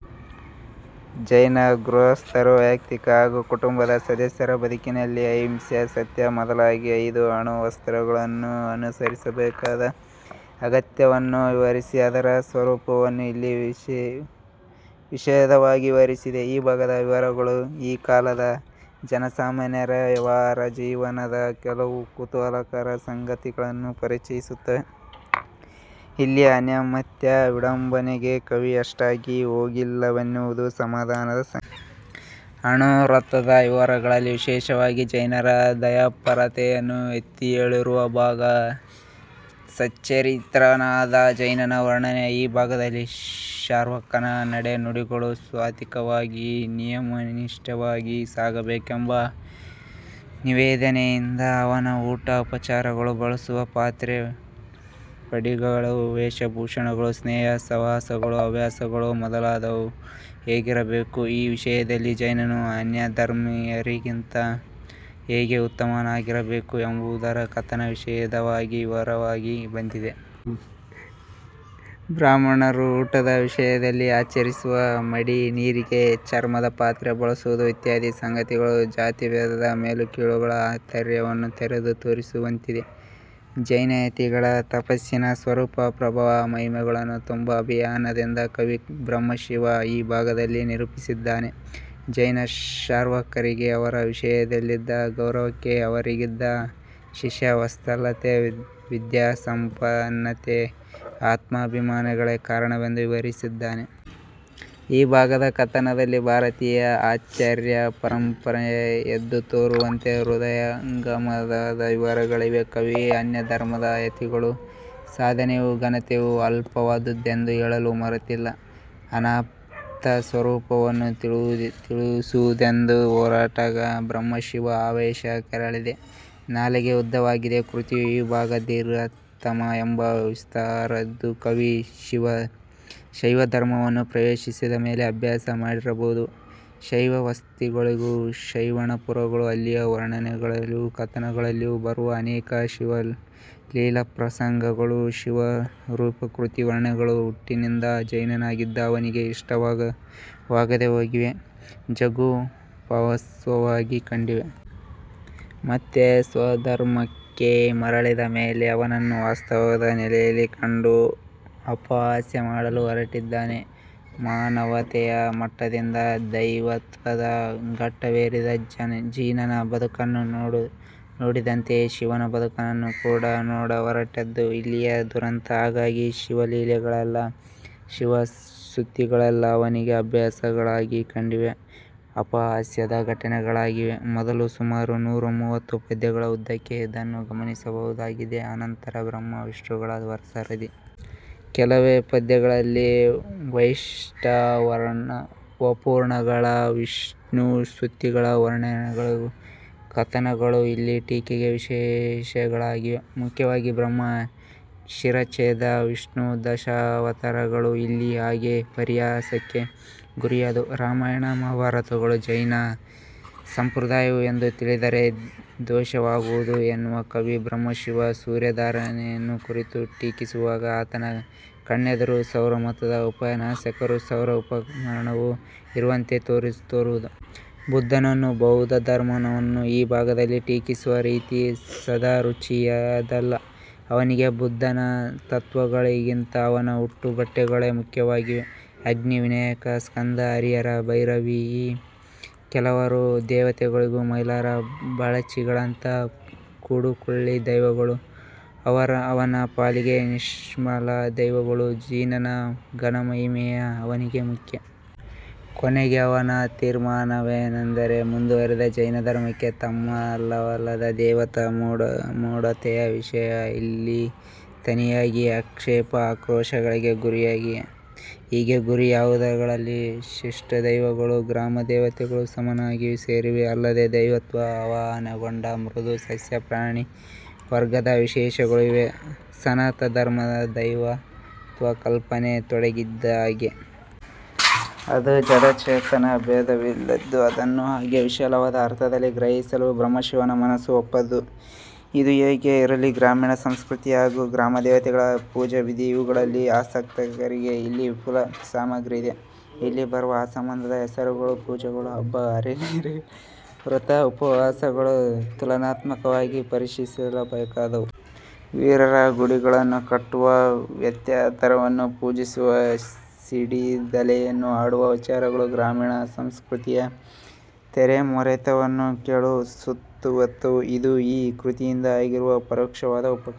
ಜೈನ ಗೃಹಸ್ಥರು ವೈಯಕ್ತಿಕ ಹಾಗೂ ಕುಟುಂಬದ ಸದಸ್ಯರ ಬದುಕಿನಲ್ಲಿ ಅಹಿಂಸೆ ಸತ್ಯ ಮೊದಲಾಗಿ ಐದು ಅಣುವ್ರತಗಳನ್ನು ಅನುಸರಿಸಬೇಕಾದ ಅಗತ್ಯವನ್ನು ವಿವರಿಸಿ, ಅದರ ಸ್ವರೂಪವನ್ನು ಇಲ್ಲಿ ವಿಶದವಾಗಿ ವಿವರಿಸಿದೆ. ಈ ಭಾಗದ ವಿವರಗಳು ಆ ಕಾಲದ ಜನಸಾಮಾನ್ಯರ ವ್ಯಾವಹಾರಿಕಜೀವನದ ಕೆಲವು ಕುತೂಹಲಕರ ಸಂಗತಿಗಳನ್ನು ಪರಿಚಯಿಸುತ್ತವೆ. ಇಲ್ಲಿ ಅನ್ಯಮತ ವಿಡಂಬನೆಗೆ ಕವಿ ಅಷ್ಟಾಗಿ ಹೋಗಿಲ್ಲವೆನ್ನುವುದು ಸಮಾಧಾನದ ಸಂಗತಿ. ಅಣುವ್ರತದ ವಿವರಗಳಲ್ಲಿ ವಿಶೇಷವಾಗಿ ಜೈನರ ದಯಾಪರತೆಯನ್ನು ಎತ್ತಿಹೇಳಿರುವ ಭಾಗ ಸಚ್ಚರಿತ್ರನಾದ ಜೈನನ ವರ್ಣನೆಯ ಈ ಭಾಗದಲ್ಲಿ ಶ್ರಾವಕನ ನಡೆ ನುಡಿಗಳು ಸಾತ್ವಿಕವಾಗಿ, ನಿಯಮನಿಷ್ಠವಾಗಿ ಸಾಗಬೇಕೆಂಬ ನಿವೇದನೆಯಿದೆ. ಅವನ ಊಟ ಉಪಚಾರಗಳು, ಬಳಸುವ ಪಾತ್ರೆ ಪಡಿಗಗಳು, ವೇಷ ಭೂಷಣಗಳು, ಸ್ನೇಹ ಸಹವಾಸಗಳು, ಹವ್ಯಾಸಗಳು ಮೊದಲಾದವು ಹೇಗಿರಬೇಕು, ಈ ವಿಷಯದಲ್ಲಿ ಜೈನನು ಆನ್ಯಧರ್ಮಿಯರಿಗಿಂತ ಹೇಗೆ ಉತ್ತಮನಾಗಿರಬೇಕು ಎಂಬುದರ ಕಥನ ವಿಶದವಾಗಿ, ವಿವರವಾಗಿ ಬಂದಿದೆ. ಬ್ರಾಹ್ಮಣರು ಊಟದ ವಿಷಯದಲ್ಲಿ ಆಚರಿಸುವ ಮಡಿ, ನೀರಿಗೆ ಚರ್ಮದ ಪಾತ್ರೆ ಬಳಸುವುದು ಇತ್ಯಾದಿ ಸಂಗತಿಗಳು ಜಾತಿಭೇದದ ಮೇಲುಕೀಳುಗಳ ಅಂತರ್ಯವನ್ನು ತೆರೆದು ತೋರಿಸುವಂತಿದೆ. ಜೈನಯತಿಗಳ ತಪಸ್ಸಿನ ಸ್ವರೂಪ ಪ್ರಭಾವ ಮಹಿಮೆಗಳನ್ನು ತುಂಬಾ ಅಭಿಮಾನದಿಂದ ಕವಿ ಬ್ರಹ್ಮಶಿವ ಈ ಭಾಗದಲ್ಲಿ ನಿರೂಪಿಸಿದ್ದಾನೆ. ಜೈನಶ್ರಾವಕರಿಗೆ ಅವರ ವಿಷಯದಲ್ಲಿದ್ದ ಗೌರವಕ್ಕೆ ಅವರಿಗಿದ್ದ ಶಿಷ್ಯವತ್ಸಲತೆ ವಿದ್ಯಾಸಂಪನ್ನತೆ ಆತ್ಮಾಭಿಮಾನಗಳೇ ಕಾರಣವೆಂದು ವಿವರಿಸಿದ್ದಾನೆ. ಈ ಭಾಗದ ಕಥನದಲ್ಲಿ ಭಾರತೀಯ ಆಚಾರ್ಯಪರಂಪರೆಯೇ ಎದ್ದುತೋರುವಂತೆ ಹೃದಯಂಗಮವಾದ ವಿವರಗಳಿವೆ. ಕವಿ ಅನ್ಯಧರ್ಮದ ಯತಿಗಳ ಸಾಧನೆಯೂ ಘನತೆಯೂ ಅಲ್ಪವಾದುವೆಂದು ಹೇಳಲು ಮರೆತಿಲ್ಲ. ಆನಾಪ್ತಸ್ವರೂಪವನ್ನು ತಿಳಿಸುವುದೆಂದು ಹೊರಟಾಗ ಬ್ರಹ್ಮಶಿವ ಆವೇಶ ಕೆರಳಿದೆ, ನಾಲಗೆ ಉದ್ದವಾಗಿದೆ. ಕೃತಿಯ ಈ ಭಾಗ ದೀರ್ಘತಮ ಎಂಬ ವಿಸ್ತಾರದ್ದು, ಕವಿ ಶೈವಧರ್ಮವನ್ನು ಪ್ರವೇಶಿಸಿದ ಮೇಲೆ ಅಭ್ಯಾಸ ಮಾಡಿರಬಹುದಾದ ಶೈವಸ್ತುತಿಗಳೂ ಶೈವಪುರಾಣಗಳೂ, ಅಲ್ಲಿಯ ವರ್ಣನೆಗಳಲ್ಲಿಯೂ ಕಥನಗಳಲ್ಲಿಯೂ ಬರುವ ಅನೇಕ ಶಿವಲೀಲಾಪ್ರಸಂಗಗಳೂ ಶಿವಸ್ವರೂಪಾಕೃತಿ ವರ್ಣನೆಗಳೂ ಹುಟ್ಟಿನಿಂದ ಜೈನನಾಗಿದ್ದ ಅವನಿಗೆ ಇಷ್ಟವಾಗದೆಹೋಗಿವೆ, ಜುಗುಪ್ಸಾವಹವಾಗಿ ಕಂಡಿವೆ. ಮತ್ತೆ ಸ್ವಧರ್ಮಕ್ಕೆ ಮರಳಿದ ಮೇಲೆ ಅವನ್ನು ವಾಸ್ತವದ ನೆಲೆಯಲ್ಲಿ ಕಂಡು ಅಪಹಾಸ್ಯಮಾಡಲು ಹೊರಟಿದ್ದಾನೆ. ಮಾನವತೆಯ ಮಟ್ಟದಿಂದ ದೈವತ್ವದ ಘಟ್ಟವೇರಿದ ಜಿನನ ಬದುಕನ್ನು ನೋಡಿದಂತೆಯೇ ಶಿವನ ಬದುಕನ್ನು ಕೂಡ ನೋಡಹೊರಟದ್ದು ಇಲ್ಲಿಯ ದುರಂತ. ಹಾಗಾಗಿ ಶಿವಲೀಲೆಗಳೆಲ್ಲ, ಶಿವಸ್ತುತಿಗಳೆಲ್ಲ ಅವನಿಗೆ ಅಭಾಸಗಳಾಗಿ ಕಂಡಿವೆ, ಅಪಹಾಸ್ಯದ ಘಟನೆಗಳಾಗಿವೆ. ಮೊದಲ ಸುಮಾರು ನೂರ ಮೂವತ್ತು ಪದ್ಯಗಳ ಉದ್ದಕ್ಕೆ ಇದನ್ನು ಗಮನಿಸಬಹುದಾಗಿದೆ ಅನಂತರ ಬ್ರಹ್ಮ ವಿಷ್ಣುಗಳ ಸರದಿ. ಕೆಲವೇ ಪದ್ಯಗಳಲ್ಲಿ ವೈಷ್ಣವಪುರಾಣಗಳ, ವಿಷ್ಣುಸ್ತುತಿಗಳ ವರ್ಣನೆಗಳೂ ಕಥನಗಳೂ ಇಲ್ಲಿ ಟೀಕೆಗೆ ವಿಷಯಗಳಾಗಿವೆ. ಮುಖ್ಯವಾಗಿ ಬ್ರಹ್ಮ ಶಿರಚ್ಛೇದ, ವಿಷ್ಣುದಶಾವತಾರಗಳು, ಇಲ್ಲಿ ಹಾಗೆ ಪರಿಹಾಸಕ್ಕೆ ಗುರಿಯಾದವು. ರಾಮಾಯಣ ಭಾರತಗಳು ಜೈನ ಸಂಪ್ರದಾಯವು ಎಂದು ತಿಳಿದರೆ ದೋಷವಾಗುವುದು ಎನ್ನುವ ಕವಿ ಬ್ರಹ್ಮಶಿವ ಸೂರ್ಯಾರಾಧನೆಯನ್ನು ಕುರಿತು ಟೀಕಿಸುವಾಗ, ಆತನ ಕಣ್ಣೆದುರು ಸೌರಮತದ ಉಪಾಸಕರೂ ಸೌರ ಉಪಪುರಾಣವೂ ಇರುವಂತೆ ತೋರುವುದು. ಬುದ್ಧನನ್ನೂ ಬೌದ್ಧಧರ್ಮವನ್ನೂ ಈ ಭಾಗದಲ್ಲಿ ಟೀಕಿಸುವ ರೀತಿ ಸದಭಿರುಚಿಯದಲ್ಲ. ಅವನಿಗೆ ಬುದ್ಧನ ತತ್ತ್ವಗಳಿಗಿಂತ ಅವನ ಹುಟ್ಟು ಬಟ್ಟೆಗಳೇ ಮುಖ್ಯವಾಗಿವೆ. ಅಗ್ನಿ, ವಿನಾಯಕ, ಸ್ಕಂದ, ಹರಿಹರ, ಭೈರವಿ ಈ ಕೆಲವರು ದೇವತೆಗಳೂ ಮೈಲಾರ ಮಾಳಚಿಗಳಂತಹ ಕೂಡುಕುಳಿ ದೈವಗಳೂ ಅವನ ಪಾಲಿಗೆ ನಿಷ್ಫಲ ದೈವಗಳು. ಜಿನನ ಘನಮಹಿಮೆಯೇ ಅವನಿಗೆ ಮುಖ್ಯ. ಕೊನೆಗೆ ಅವನ ತೀರ್ಮಾನವೆಂದರೆ: ಮುಂದುವರಿದ, ಜೈನಧರ್ಮಕ್ಕೆ ಸಮ್ಮತವಲ್ಲದ ದೇವತಾ ಮೂಢತೆಯ ವಿಷಯ ಇಲ್ಲಿ ತನಿಯಾಗಿ ಆಕ್ಷೇಪ ಆಕ್ರೋಶಗಳಿಗೆ ಗುರಿಯಾಗಿದೆ. ಹೀಗೆ ಗುರಿ ಯಾದವುಗಳಲ್ಲಿ ಶಿಷ್ಟದೈವಗಳೂ ಗ್ರಾಮದೇವತೆಗಳೂ ಸಮಾನವಾಗಿ ಸೇರಿವೆ. ಅಲ್ಲದೆ ದೈವತ್ವ ಆವಾಹನೆಗೊಂಡ ಮೃದ್ – ಸಸ್ಯ – ಪ್ರಾಣಿವರ್ಗದ ವಿಶೇಷಗಳೂ ಇವೆ. ಸನಾತನಧರ್ಮದ ದೈವತ್ವಕಲ್ಪನೆ ತೊಡಗಿದ್ದೇ ಹಾಗೆ. ಅದು ಜಡ ಚೇತನ ಭೇದವಿಲ್ಲದ್ದು. ಅದನ್ನು ಹಾಗೆ ವಿಶಾಲವಾದ ಅರ್ಥದಲ್ಲಿ ಗ್ರಹಿಸಲು ಬ್ರಹ್ಮಶಿವನ ಮನಸ್ಸು ಒಪ್ಪದು. ಇದು ಹೇಗೆ ಇರಲಿ, ಗ್ರಾಮೀಣ ಸಂಸ್ಕೃತಿ ಹಾಗೂ ಗ್ರಾಮದೇವತೆಗಳ ಪೂಜಾವಿಧಿ ಇವುಗಳಲ್ಲಿ ಆಸಕ್ತರಿಗೆ ಇಲ್ಲಿ ವಿಪುಲ ಸಾಮಗ್ರಿಯಿದೆ. ಇಲ್ಲಿ ಬರುವ ಆ ಸಂಬಂಧದ ಹೆಸರುಗಳು, ಪೂಜೆಗಳು, ಹಬ್ಬ ಹರಕೆಗಳು, ವ್ರತ ಉಪವಾಸಗಳು ತುಲನಾತ್ಮಕವಾಗಿ ಪರಿಶೀಲಿಸಬೇಕಾದವು. ವೀರರ ಗುಡಿಗಳನ್ನು ಕಟ್ಟುವ, ವ್ಯಂತರವನ್ನು ಪೂಜಿಸುವ, ಸಿಡಿದಲೆಯನ್ನು ಆಡುವ ವಿಚಾರಗಳು ಗ್ರಾಮೀಣಸಂಸ್ಕೃತಿಯ ತೆರೆಮೊರೆತವನ್ನು ಕೇಳುಸುವಂಥವು. ಇದು ಈ ಕೃತಿಯಿಂದ ಆಗಿರುವ ಪರೋಕ್ಷವಾದ ಉಪಕಾರ.